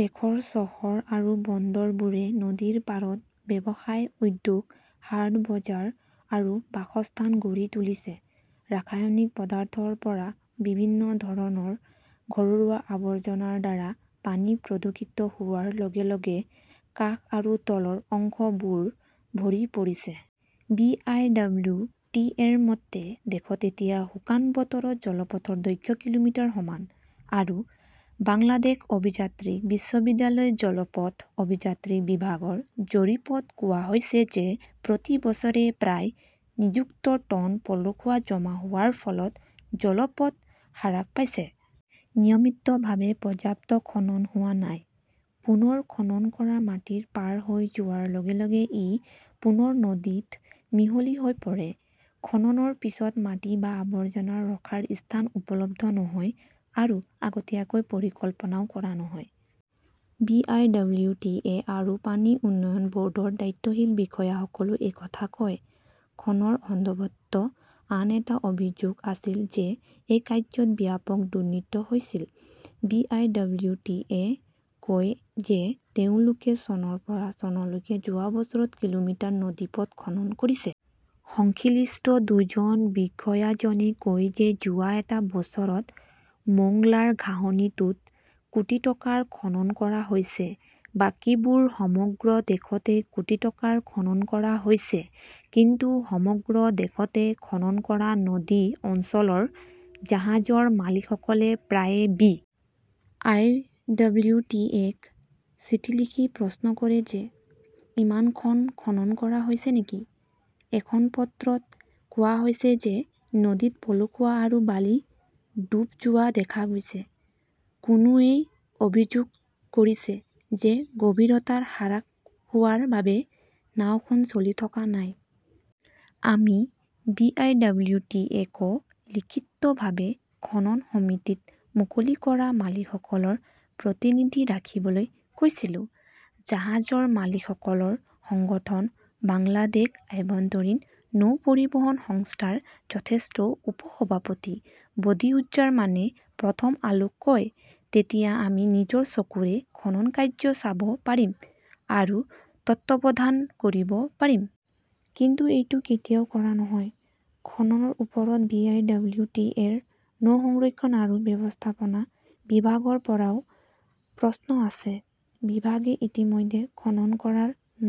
দেশৰ চহৰ আৰু বন্দৰবোৰে নদীৰ পাৰত ব্যৱসায়, উদ্যোগ, হাট বজাৰ আৰু বাসস্থান গঢ়ি তুলিছে। ৰাসায়নিক পদাৰ্থৰ পৰা বিভিন্ন ধৰণৰ ঘৰুৱা আৱৰ্জনাৰ দ্বাৰা পানী প্ৰদূষিত হোৱাৰ লগে লগে কাষ আৰু তলৰ অংশবোৰ ভৰি পৰিছে। B. I. W. T. A. -ৰ মতে, দেশত এতিয়া শুকান বতৰত জলপথৰ দৈৰ্ঘ্য কিলোমিটাৰৰ সমান। আৰু বাংলাদেশ অভিযান্ত্ৰিক বিশ্ববিদ্যালয়ৰ জল সম্পদ অভিযান্ত্ৰিক বিভাগৰ জৰীপ ত কোৱা হৈছে যে প্ৰতি বছৰে প্ৰায় নিযুত টন পলসুৱা জমা হোৱাৰ ফলত জলপথ হ্ৰাস পাইছে। নিয়মিতভাৱে পৰ্যাপ্ত খনন হোৱা নাই। পুনৰ খনন কৰা মাটি পাৰ হৈ যোৱাৰ লগে লগে ই পুনৰ নদীত মিহলি হৈ পৰে। খননৰ পিছত মাটি বা আৱৰ্জনা ৰখাৰ স্থান উপলব্ধ নহয়-আৰু আগতীয়াকৈ পৰিকল্পনাও কৰা নহয়। B. I. W. T. A. আৰু পানী উন্নয়ন ব "ৰ্ডৰ দায়িত্বশীল বিষয়াসকলেও এই কথা কয়। খননৰ সন্দৰ্ভত আন এটা অভিযোগ আছিল যে এই কাৰ্য্যত ব্যাপক দুৰ্নীতি হৈছিল। B. I. W. T. A. -য়ে কয় যে তেওঁলোকে চনৰ পৰা চনলৈকে যোৱা বছৰত কিলোমিটাৰ নদীপথ খনন কৰিছে। সংশ্লিষ্ট দুজন বিষয়াজনে কয় যে যোৱা এটা বছৰত মোংলাৰ ঘাঁহনিটোত কোটি টকাৰ খনন কৰা হৈছে। বাকীবোৰ সমগ্ৰ দেশতে কোটি টকাৰ খনন কৰা হৈছে। কিন্তু সমগ্ৰ দেশতে খনন কৰা নদী অঞ্চলৰ জাহাজৰ মালিকসকলে প্ৰায়ে B. I. W. T. A. -ক চিঠি লিখি প্ৰশ্ন কৰে যে ইমান খন খনন কৰা হৈছে নেকি। এখন পত্ৰত কোৱা হৈছে যে নদীত পলসুৱা আৰু বালি ডুব যোৱা দেখা গৈছে। কোনোৱে অভিযোগ কৰিছে যে গভীৰতা হ্ৰাস হোৱাৰ বাবে নাওখন চলি থকা নাই। "আমি B. I. W. T. A. -ক লিখিতভাৱে খনন সমিতিত মুকলি কৰা মালিকসকলৰ প্ৰতিনিধি ৰাখিবলৈ কৈছিলো", জাহাজৰ মালিকসকলৰ সংগঠন বাংলাদেশ আভ্যন্তৰীণ নৌ পৰিবহণ সংস্থাৰ জ্যেষ্ঠ উপ-সভাপতি বদিউজ্জমানে প্ৰথম আলোক কয়। তেতিয়া আমি নিজৰ চকুৰে খননকাৰ্য চাব পাৰিম আৰু তত্বাৱধান কৰিব পাৰিম। কিন্তু এইটো কেতিয়াও কৰা নহয়। 'খননৰ ওপৰত B. I. W. T. A. -ৰ নৌ সংৰক্ষণ আৰু ব্যৱস্থাপনা বিভাগৰ পৰাও প্ৰশ্ন আছে। বিভাগে ইতিমধ্যে খনন কৰা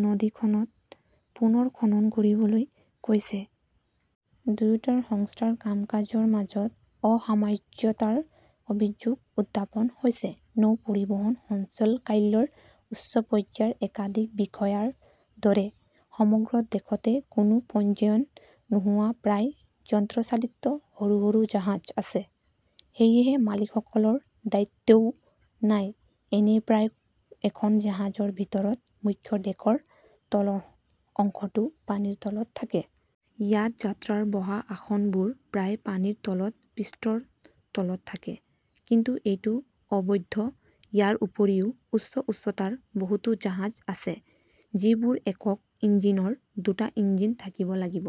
নদীখনত পুনৰ খনন কৰিবলৈ কৈছে। পাউবোৱেও খনন কৰে। দুয়োটা সংস্থাৰ কাম-কাজৰ মাজত অসামঞ্জস্যতাৰ অভিযোগ উত্থাপন হৈছে। নৌ পৰিবহণ সঞ্চালকালয়ৰ উচ্চ পৰ্যায়ৰ একাধিক বিষয়াৰ দৰে সমগ্ৰ দেশতে কোনো পঞ্জীয়ন নোহোৱা প্ৰায় যন্ত্ৰচালিত সৰু সৰু জাহাজ আছে। সেয়েহে মালিকসকলৰ দায়িত্বও নাই। এনে প্ৰায় খন জাহাজৰ ভিতৰত মুখ্য ডেকৰ তলৰ অংশটো পানীৰ তলত থাকে। ইয়াত যাত্ৰীৰ বহা আসনবোৰ প্ৰায় পানীৰ ওপৰৰ পৃষ্ঠৰ তলত থাকে। কিন্তু এইটো অবৈধ। ইয়াৰ উপৰিও, উচ্চ উচ্চতাৰ বহুতো জাহাজ আছে, যিবোৰ একক ইঞ্জিনৰ। দুটা ইঞ্জিন থাকিব লাগিব।